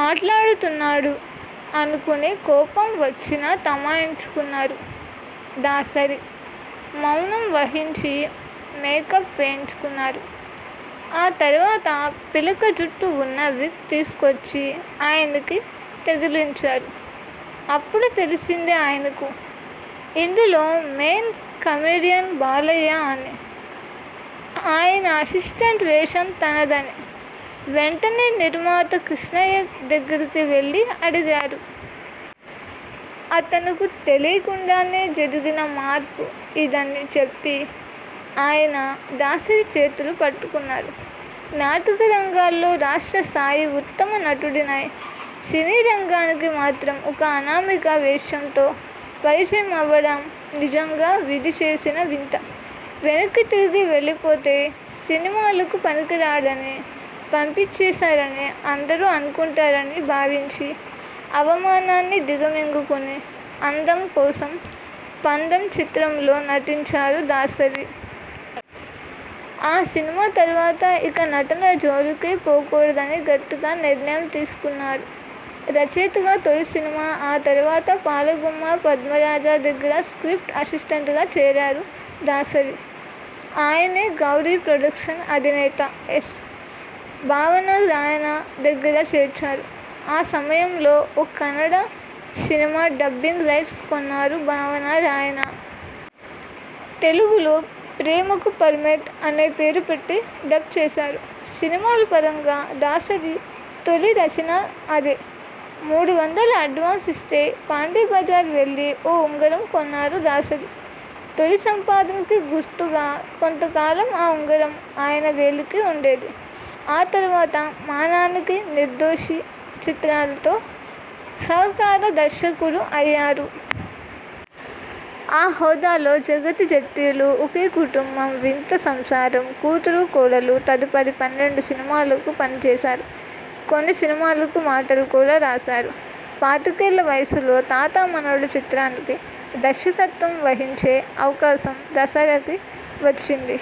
మాట్లాడుతున్నాడు?.. అనుకుని కోపం వచ్చినా తమాయించుకొన్నారు దాసరి. మౌనం వహించి మేకప్ వేయించుకొన్నారు. ఆ తర్వాత పిలకజుట్టు ఉన్న విగ్గు తీసుకొచ్చి ఆయనకి తగిలించారు. అప్పుడు తెలిసింది ఆయనకు.. ఇందులో మెయిన్ కమెడియన్ బాలకృష్ణ అనీ, ఆయన అసిస్టెంట్ వేషం తనదనీ. వెంటనే నిర్మాత కృష్ణయ్య దగ్గరికి వెళ్లి అడిగారు. తనకు తెలియకుండానే జరిగిన మార్పు ఇదని చెప్పి ఆయన దాసరి చేతులు పట్టుకొన్నారు. నాటకరంగంలో రాష్ట్ర స్థాయి ఉత్తమ నటుడినైనా సినిరంగానికి మాత్రం ఓ అనామక వేషంతో పరిచయమవడం నిజంగా విధి చేసిన వింతే. వెనక్కి తిరిగి వెళ్లిపోతే 'సినిమాలకు పనికిరాడని పంపించేశారని' అందరూ అనుకొంటారని భావించి, అవమానాన్ని దిగమింగుకొని 'అందం కోసం పందెం' చిత్రంలో నటించారు దాసరి. ఆ సినిమా తర్వాత ఇక నటన జోలికి పోకూడదని గట్టి నిర్ణయం తీసుకొన్నారు. రచయితగా తొలి సినిమాఆ తర్వాత పాలగుమ్మి పద్మరాజు దగ్గర స్ర్కిప్ట్ అసిస్టెంట్గా చేరారు దాసరి. ఆయనే గౌరీ ప్రొడక్షన్స్ అధినేత ఎస్. భావనారాయణ దగ్గర చేర్చారు. ఆ సమయంలో ఓ కన్నడ సినిమా డబ్బింగ్ రైట్స్ కొన్నారు భావనారాయణ. తెలుగులో 'ప్రేమకు పర్మిట్' అని పేరు పెట్టి డబ్ చేశారు. సినిమాలపరంగా దాసరి తొలి రచన అదే. మూడొందలు అడ్వాన్స్ ఇస్తే పాండీబజార్కు వెళ్లి ఓ ఉంగరం కొన్నారు దాసరి. తొలి సంపాదనకి గుర్తుగా చాలాకాలం ఆ ఉంగరం ఆయన వేలుకి ఉండేది. ఆ తర్వాత 'మా నాన్నకి నిర్దోషి' చిత్రంతో సహకార దర్శకుడయ్యారు. ఆ హోదాలో 'జగత జెట్టీలు', 'ఒకే కుటుంబం', 'వింత సంసారం', 'కూతురు కోడలు' తదితర పన్నెండు సినిమాలకు పనిచేశారు. కొన్ని సినిమాలకు మాటలు కూడా రాశారు. పాతికేళ్ల వయసులో 'తాత-మనవడు' చిత్రానికి దర్శకత్వం వహించే అవకాశం దాసరికి వచ్చింది.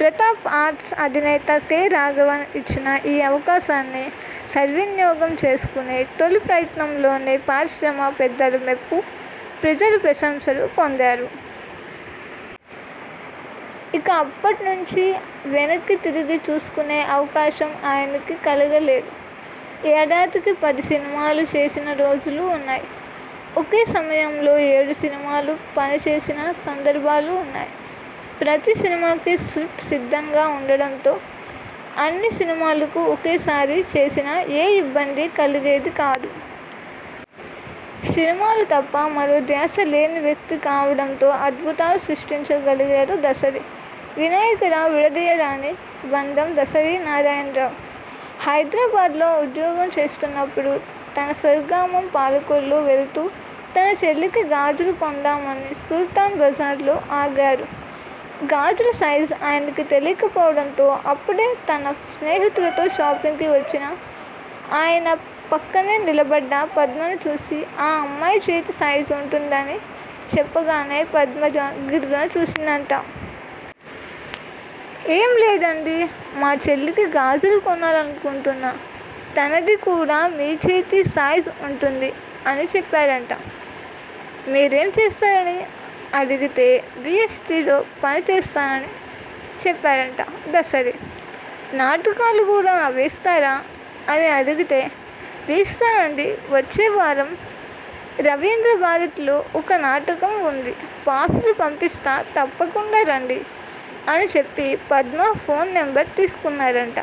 ప్రతాప్ ఆర్ట్స్ అధినేత కె. రాఘవ ఇచ్చిన ఈ అవకాశాన్ని సద్వినియోగం చేసుకొని, తొలి ప్రయత్నంలోనే పరిశ్రమ పెద్దల మెప్పు, ప్రేక్షకుల ప్రశంసలు పొందారు. ఇక అప్పటి నుంచి వెనక్కి తిరిగి చూసుకొనే అవకాశం ఆయనకి కలగలేదు. ఏడాదికి పది సినిమాలు చేసిన రోజులు ఉన్నాయి. ఒకే సమయంలో ఏడు సినిమాలకు పని చేసిన సందర్భాలూ ఉన్నాయి. ప్రతి సినిమాకీ స్ర్కిప్ట్ సిద్ధంగా ఉండటంతో అన్ని సినిమాలు ఒకేసారి చేసినా ఏ ఇబ్బంది కలిగేది కాదు. సినిమా తప్ప మరో ధ్యాస లేని వ్యక్తి కావడంతో అద్భుతాలు సృష్టించగలిగారు దాసరి. వినాయకరావువిడదీయరాని బంధందాసరి నారాయణరావు హైదరాబాద్లో ఉద్యోగం చేస్తున్నప్పుడు తన స్వగ్రామం పాలకొల్లు వెళ్తు తన చెల్లెలికి గాజులు కొందామని సుల్తాన్ బజారులో ఆగారు. గాజుల సైజ్ ఆయనకు తెలియకపోవడంతో అప్పుడే తన స్నేహితులతో షాపింగ్కు వచ్చి ఆయన పక్కనే నిలబడ్డ పద్మను చూసి 'ఆ అమ్మాయి చేతి సైజ్' ఉంటుందని చెప్పగానే పద్మ గిర్రును చూసిందట. 'ఏం లేదండీ మా చెల్లెలికి గాజులు కొనాలనుకుంటున్నా. తనది కూడా మీ చేతి సైజ్ ఉంటుంది' అని చెప్పారట. మీరేం చేస్తారని అడిగితే విఎస్టీలో పనిచేస్తానని చెప్పారు దాసరి. నాటకాలు కూడా వేస్తారా? అని అడిగితే.. 'వేస్తానండీ వచ్చేవారం రవీంద్రభారతిలో ఓ నాటకం ఉంది. పాసులు పంపిస్తాను తప్పకుండా రండి' అని చెప్పి పద్మ ఫోన్ నంబర్ తీసుకున్నారట.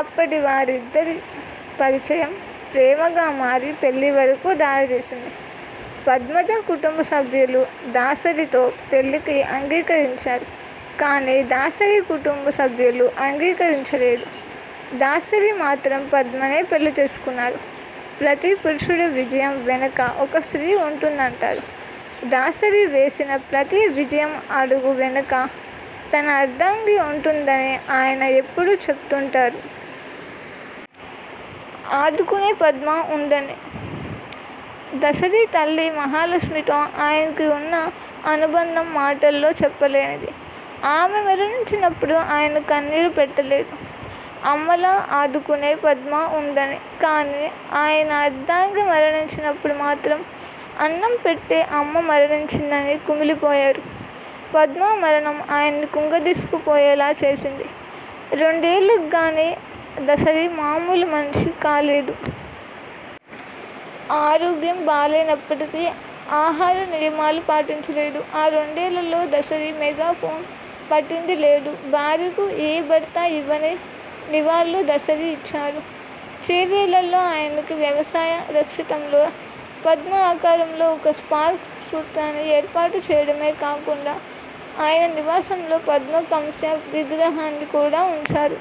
అప్పటి వారిద్దరి పరిచయం ప్రేమగా మారి పెళ్లి వరకూ దారితీసింది. పద్మ కుటుంబీకులు దాసరితో పెళ్లికి అంగీకరించారు కానీ దాసరి కుటుంబ సభ్యులు అంగీకరించలేదు. దాసరి మాత్రం పద్మనే పెళ్లి చేసుకున్నారు. ప్రతి పురుషుడి విజయం వెనుక ఓ స్త్రీ ఉంటుందంటారు. దాసరి వేసిన ప్రతి విజయం అడుగు వెనుక తన అర్ధాంగి ఉందని ఆయన ఎప్పడూ చెబుతుంటారు. ఆదుకునే పద్మ ఉందని.. దాసరి తల్లి మహాలక్ష్మితో ఆయనకున్న అనుబంధం మాటల్లో చెప్పలేనిది. ఆమె మరణించినప్పుడు ఆయన కన్నీరు పెట్టలేదు. అమ్మలా ఆదుకునే పద్మ ఉందని. కానీ ఆయన అర్ధాంగి మరణించినప్పుడు మాత్రం అన్నం పెట్టే అమ్మ మరణించిందని కుమిలిపోయాడు. పద్మ మరణం ఆయన్ను కుంగదీసిపోయేలా చేసింది, రెండేళ్లకు గానీ దసరి మామూలు మనిషి కాలేదు. ఆరోగ్యం బాలేనప్పటికీ ఆహార నియమాలు పాటించలేదు. ఆ రెండేళ్లల్లో దసరి మెగా ఫోను పట్టింది లేదు. భార్యకు ఏ భర్త ఇవ్వని నివాళి దసరి ఇచ్చారు. చేవెళ్లలో ఆయనకున్న వ్యవసాయ రక్షేతంలో పద్మం ఆకారంలో ఓ స్మారక స్తూపాన్ని ఏర్పాటు చెయ్యడమే కాకుండా ఆయన నివాసంలో పద్మ కాంస్య విగ్రహాన్ని కూడా ఉంచారు.